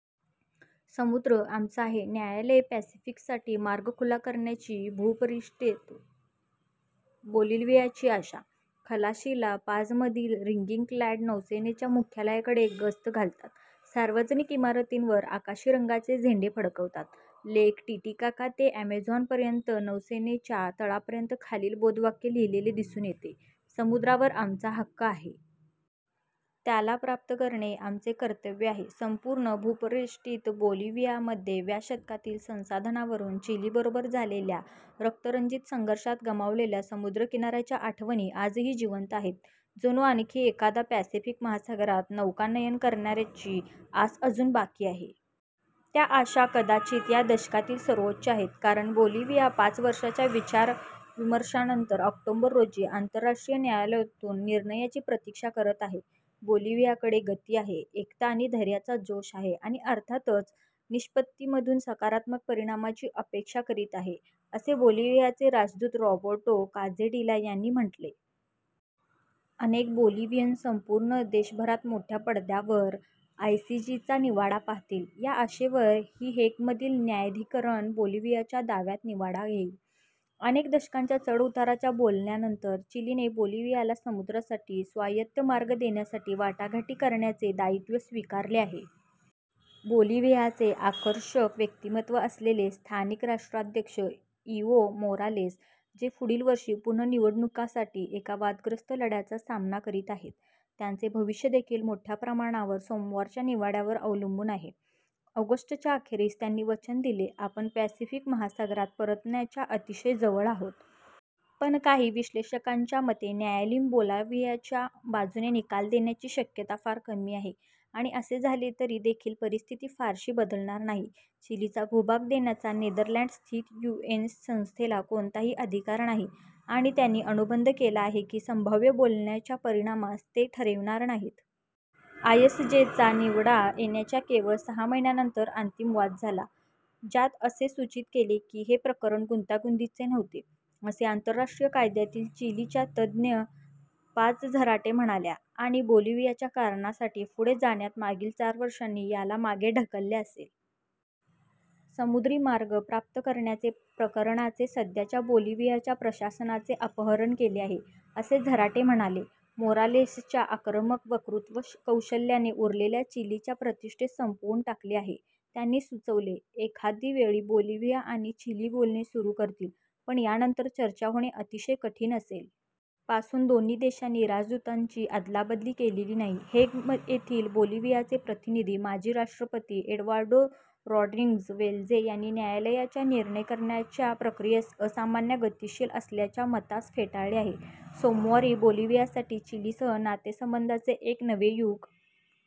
'समुद्र आमचे आहे':न्यायालय पॅसिफिकसाठी मार्ग खुला करण्याची भूपरिवेष्टित बोलिव्हियाची आशा. खलाशी ला पाझमधील रिगिंग-क्लॅड नौसेनेच्या मुख्यालयाकडे गस्त घालतात. सार्वजनिक इमारतींवर आकाशी रंगाचे झेंडे फडकतात. लेक टीटीकाका ते अॅमेझॉनपर्यंत नौसेनेच्या तळापर्यंत खालील बोधवाक्य लिहिलेले दिसून येते: "समुद्रावर आमचा हक्क आहे. त्याला प्राप्त करणे आमचे कर्तव्य आहे. " संपूर्ण भूपरिवेष्टित बोलिव्हियामध्ये व्या शतकातील संसाधनांवरून चिलीबरोबर झालेल्या रक्तरंजित संघर्षात गमावलेल्या समुद्रकिनाऱ्याच्या आठवणी आजही जिवंत आहेत- जणू आणखी एकदा पॅसिफिक महासागरात नौकानयन करण्याची आस अजून बाकी आहे. त्या आशा कदाचित या दशकातील सर्वोच्च आहेत, कारण बोलिव्हिया पाच वर्षांच्या विचार-विमर्शानंतर ऑक्टोबर रोजी आंतरराष्ट्रीय न्यायालयातून निर्णयाची प्रतीक्षा करत आहे. "बोलिव्हियाकडे गति आहे, एकता आणि धैर्याचा जोश आहे, आणि अर्थातच निष्पत्तीमधून सकारात्मक परिणामाची अपेक्षा करीत आहे," असे बोलिव्हियाचे राजदूत रॉबर्टो काझेडिला यांनी म्हटले. अनेक बोलिव्हियन संपूर्ण देशभरात मोठ्या पडद्यावर आयसीजचा निवाडा पाहतील, या आशेवर की हेगमधील न्यायाधिकरण बोलिव्हियाच्या दाव्यात निवाडा देईल – अनेक दशकांच्या चढ-उताराच्या बोलण्यांनंतर – चिलीने बोलिव्हियाला समुद्रासाठी स्वायत्त मार्ग देण्यासाठी वाटाघाटी करण्याचे दायित्त्व स्वीकारले आहे. बोलिव्हियाचे आकर्षक व्यक्तिमत्व असलेले स्थानिक राष्ट्राध्यक्ष इव्हो मोरालेस – जे पुढील वर्षी पुनः निवडणुकांसाठी एका वादग्रस्त लढ्याचा सामना करीत आहेत – त्यांचे भविष्य देखील मोठ्या प्रमाणावर सोमवारच्या निवाड्यावर अवलंबून आहे. ऑगस्टच्या अखेरीस त्यांनी वचन दिले, "आपण पॅसिफिक महासागरात परतण्याच्या अतिशय जवळ आहोत. " पण काही विश्लेषकांच्या मते न्यायालय बोलिव्हियाच्या बाजूने निकाल देण्याची शक्यता फार कमी आहे – आणि असे झाले तरी देखील परिस्थिती फारशी बदलणार नाही. चिलीचा भूभाग देण्याचा नेदरलँड्स-स्थित यूएन संस्थेला कोणताही अधिकार नाही, आणि त्यांनी अनुबंध केला आहे की संभाव्य बोलण्यांच्या परिणामास ते ठरविणार नाहीत. आयसीजेचा निवडा येण्याच्या केवळ सहा महिन्यानंतर अंतिम वाद झाला, ज्यात असे सूचित केले की हे प्रकरण "गुंतागुंतीचे नव्हते," असे आंतरराष्ट्रीय कायद्यातील चीलीच्या तज्ज्ञ पाझ झराटे म्हणाल्या. आणि बोलिव्हियाच्या कारणासाठी पुढे जाण्यात, मागील चार वर्षांनी याला मागे ढकलले असेल. "समुद्री मार्ग प्राप्त करण्याचे प्रकरणाचे सध्याच्या बोलिव्हियाच्या प्रशासनाने अपहरण केले आहे," असे झराटे म्हणाल्या. मोरालेसच्या आक्रमक वक्तृत्वकौशल्याने उरलेल्या चिलीच्या प्रतिष्ठेस संपवून टाकले आहे, त्यांनी सुचविले. एखाद वेळी बोलिव्हिया आणि चिली बोलणी सुरु करतील, पण यानंतर चर्चा होणे अतिशय कठीण असेल. पासून दोन्ही देशांनी राजदूतांची अदलाबदली केलेली नाही. हेग येथील बोलिव्हियाचे प्रतिनिधी, माजी राष्ट्रपती एड्वार्डो रॉड्रिग्ज वेल्झे यांनी न्यायालयाच्या निर्णय करण्याच्या प्रक्रियेस असामान्य गतिशील असल्याच्या मतास फेटाळले आहे. "सोमवारी बोलिव्हियासाठी चिलीसह नातेसंबंधांचे एक नवे युग